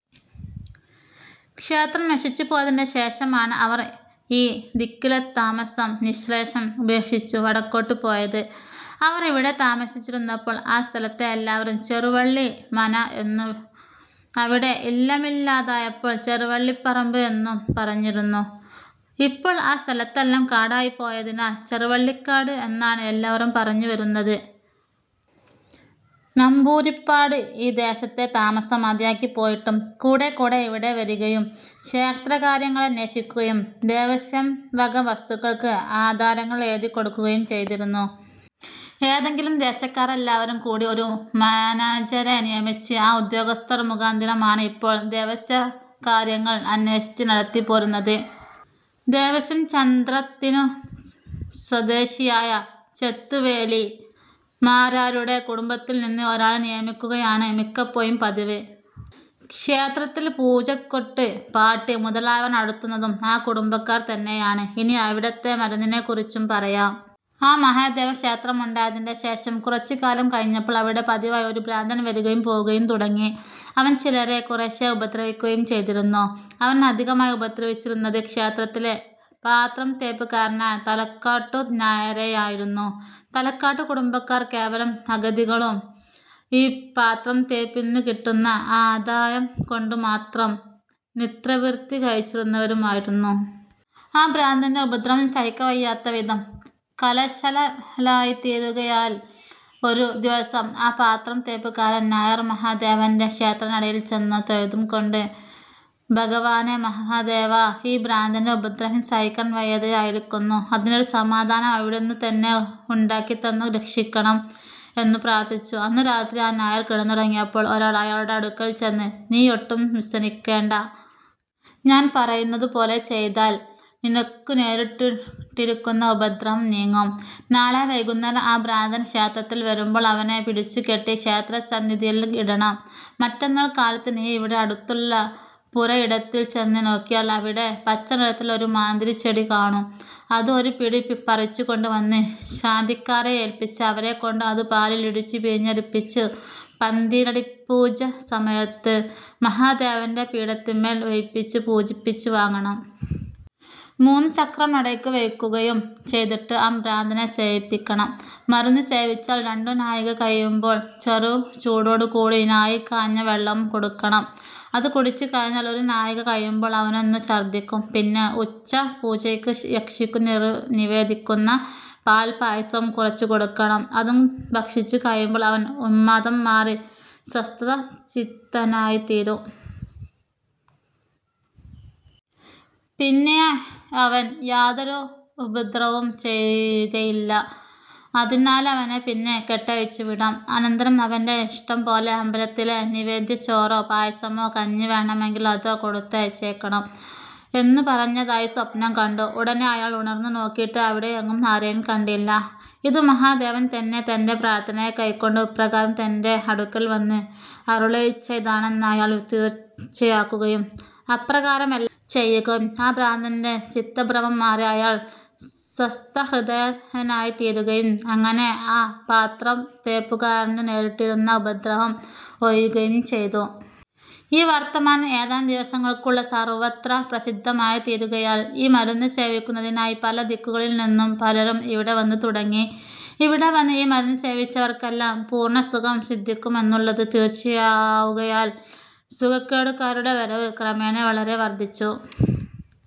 ക്ഷേത്രം നശിച്ചുപോയതിന്റെ ശേഷമാണ് അവർ ഈ ദിക്കിലെത്താമസം നിശ്ശേഷം ഉപേക്ഷിച്ചു വടക്കോട്ടു പോയത്. അവർ ഇവിടെത്താമസിച്ചിരുന്നപ്പോൾ ആ സ്ഥലത്തെ എല്ലാവരും ചെറുവള്ളി മന എന്നും അവിടെ ഇല്ലമില്ലാതെയായപ്പോൾ ചെറുവള്ളിപ്പറമ്പ് എന്നും പറഞ്ഞിരുന്നു. ഇപ്പോൾ ആ സ്ഥലത്തെല്ലാം കാടായിപ്പോയതിനാൽ ചെറുവള്ളിക്കാട് എന്നാണ് എല്ലാവരും പറഞ്ഞുവരുന്നത്. നമ്പൂരിപ്പാട് ഈ ദേശത്തെ താമസം മതിയാക്കിപ്പോയിട്ടും കൂടെക്കൂടെ ഇവിടെ വരികയും ക്ഷേത്രകാര്യങ്ങളന്വേഷിക്കുകയും ദേവസ്വംവക വസ്തുക്കൾക്ക് ആധാരങ്ങൾ എഴുതിക്കൊടുക്കുകയും ചെയ്തിരുന്നു. ഏതെങ്കിലും, ദേശക്കാരെല്ലാവരും കൂടി ഒരു മാനേജരെ നിയമിച്ച് ആ ഉദ്യോഗസ്ഥർ മുഖാന്തിരമാണ് ഇപ്പോൾ ദേവസ്വകാര്യങ്ങൾ അന്വേഷിച്ച് നടത്തിപ്പോരുന്നത്. ദേവസ്വം 'ചന്ത്ര'ത്തിനു സ്വദേശിയായ ചെത്തുവേലി മാരാരുടെ കുടുംബത്തിൽനിന്ന് ഒരാളെ നിയമിക്കുകയാണ് മിക്കപ്പോഴും പതിവ്. ക്ഷേത്രത്തില് പൂജകൊട്ട്, പാട്ട് മുതലായവ നടത്തുന്നതും ആ കുടുംബക്കാർതന്നെയാണ്. ഇനി അവിടത്തെ മരുന്നിനെക്കുറിച്ചു പറയാം. ആ മഹാദേവക്ഷേത്രമുണ്ടായതിന്റെശേഷം കുറച്ചുകാലം കഴിഞ്ഞപ്പോൾ അവിടെ പതിവായി ഒരു ഭ്രാന്തൻ വരികയും പോവുകയും തുടങ്ങി. അവൻ ചിലരെ കുറേശ്ശെ ഉപദ്രവിക്കുകയും ചെയ്തിരുന്നു. അവൻ അധികമായി ഉപദ്രവിച്ചിരുന്നത് ക്ഷേത്രത്തിലെ പാത്രംതേപ്പുകാരനായ തലക്കാട്ടു നായരെയായിരുന്നു. തലക്കാട്ടു കുടുംബക്കാർ കേവലം അഗതികളും ഈ പാത്രംതേപ്പിനു കിട്ടുന്ന ആദായം കൊണ്ടുമാത്രം നിത്യവൃത്തി കഴിച്ചിരുന്നവരുമായിരുന്നു. ആ ഭ്രാന്തന്റെ ഉപദ്രവം സഹിക്കവയ്യാത്തവിധം കലശലായിത്തീരുകയാൽ ഒരു ദിവസം ആ പാത്രംതേപ്പുകാരൻ നായർ മഹാദേവന്റെ ക്ഷേത്രനടയിൽച്ചെന്നു തൊഴുതുംകൊണ്ട് "ഭഗവാനെ! മഹാദേവാ! ഈ ഭ്രാന്തന്റെ ഉപദ്രവം സഹിക്കാന് വയ്യാതെയായിരിക്കുന്നു. ഇതിനൊരു സമാധാനം അവിടുന്നുതന്നെ ഉണ്ടാക്കിത്തന്നു രക്ഷിക്കണം. " എന്നു പ്രാർഥിച്ചു. അന്നു രാത്രി ആ നായർ കിടന്നുറങ്ങിയപ്പോൾ ഒരാൾ അയാളുടെ അടുക്കൽച്ചെന്ന് "നീയൊട്ടും വ്യസനിക്കേണ്ട. ഞാന് പറയുന്നതുപോലെ ചെയ്താൽ നിനക്കുനേരിട്ടിരിക്കുന്ന ഉപദ്രവം നീങ്ങും. നാളെ വൈകുന്നേരം ആ ഭ്രാന്തന് ക്ഷേത്രത്തിൽ വരുമ്പോൾ അവനെ പിടിച്ചുകെട്ടി ക്ഷേത്രസന്നിധിയിൽ ഇടണം. മറ്റന്നാൾ കാലത്ത് നീയിവിടെ അടുത്തുള്ള പുരയിടത്തിൽ ചെന്നു നോക്കിയാൽ അവിടെ പച്ചനിറത്തിലുള്ള ഒരു മാതിരി ചെടി കാണും. അത് ഒരുപിടി പറിച്ചുകൊണ്ടുവന്ന് ശാന്തിക്കാരെ ഏൽപ്പിച്ച് അവരെക്കൊണ്ട് അതു പാലിൽ ഇടിച്ചു പിഴിഞ്ഞരിപ്പിച്ചു പന്തീരടിപ്പൂജസമയത്തു മഹാദേവന്റെ പീഠത്തിന്മേല് വെയ്പിച്ചു പൂജിപ്പിച്ചു വാങ്ങണം. മൂന്നു ചക്രം നടയ്ക്കു വെയ്ക്കുകയും ചെയ്തിട്ട് ആ ഭ്രാന്തനെ സേവിപ്പിക്കണം. മരുന്നു സേവിച്ചാൽ രണ്ടു നാഴിക കഴിയുമ്പോൾ ചെറുചൂടോടുകൂടി നാഴി കാഞ്ഞ വെള്ളവും കൊടുക്കണം. അതു കുടിച്ചുകഴിഞ്ഞാൽ ഒരു നാഴിക കഴിയുമ്പോള് അവനൊന്നു ഛർദ്ദിക്കും. പിന്നെ ഉച്ചപ്പൂജയ്ക്ക് യക്ഷിക്കു നിവേദിക്കുന്ന പാൽപ്പായസവും കുറച്ചു കൊടുക്കണം. അതും ഭക്ഷിച്ചുകഴിയുമ്പോൾ അവൻ ഉന്മാദം മാറി സ്വസ്ഥചിത്തനായിത്തീരും. പിന്നെ അവൻ യാതൊരുപദ്രവവും ചെയ്കയില്ല. അതിനാലവനെപ്പിന്നെ കെട്ടഴിച്ചുവിടാം. അനന്തരം അവന്റെ ഇഷ്ടംപോലെ അമ്പലത്തിലെ നിവേദ്യച്ചോറോ പായസമോ കഞ്ഞി വേണമെങ്കിൽ അതോ കൊടുത്തയച്ചേക്കണം" എന്നു പറഞ്ഞതായി സ്വപ്നം കണ്ടു. ഉടനെ അയാൾ ഉണർന്നു നോക്കീട്ട് അവിടെയെങ്ങും ആരെയും കണ്ടില്ല. ഇതു മഹാദേവൻതന്നെ തന്റെ പ്രാർഥനയെ കൈക്കൊണ്ട് ഇപ്രകാരം തന്റെ അടുക്കൽ വന്ന് അരുളിച്ചെയ്തതാണെന്ന് അയാൾ തീർച്ചയാക്കുകയും അപ്രകാരമെല്ലാം ചെയ്യുകയും ആ ഭ്രാന്തന്റെ ചിത്തഭ്രമം മാറി അയാൾ സ്വസ്ഥഹൃദയനായിത്തീരുകയും അങ്ങനെ ആ പാത്രംതേപ്പുകാരനു നേരിട്ടിരുന്ന ഉപദ്രവം ഒഴിയുകയും ചെയ്തു. ഈ വർത്തമാനം ഏതാനും ദിവസങ്ങൾകൊണ്ടു സർവ്വത്ര പ്രസിദ്ധമായിത്തീരുകയാൽ ഈ മരുന്നു സേവിക്കുന്നതിനായി പല ദിക്കുകളിൽനിന്നും പലരും ഇവിടെ വന്നുതുടങ്ങി. ഇവിടെ വന്ന് ഈ മരുന്ന് സേവിച്ചവർക്കെല്ലാം പൂർണ്ണസുഖം സിദ്ധിക്കുമെന്നുള്ളതു തീർച്ചയാവുകയാൽ സുഖക്കേടുകാരുടെ വരവ് ക്രമേണ വളരെ വർധിച്ചു.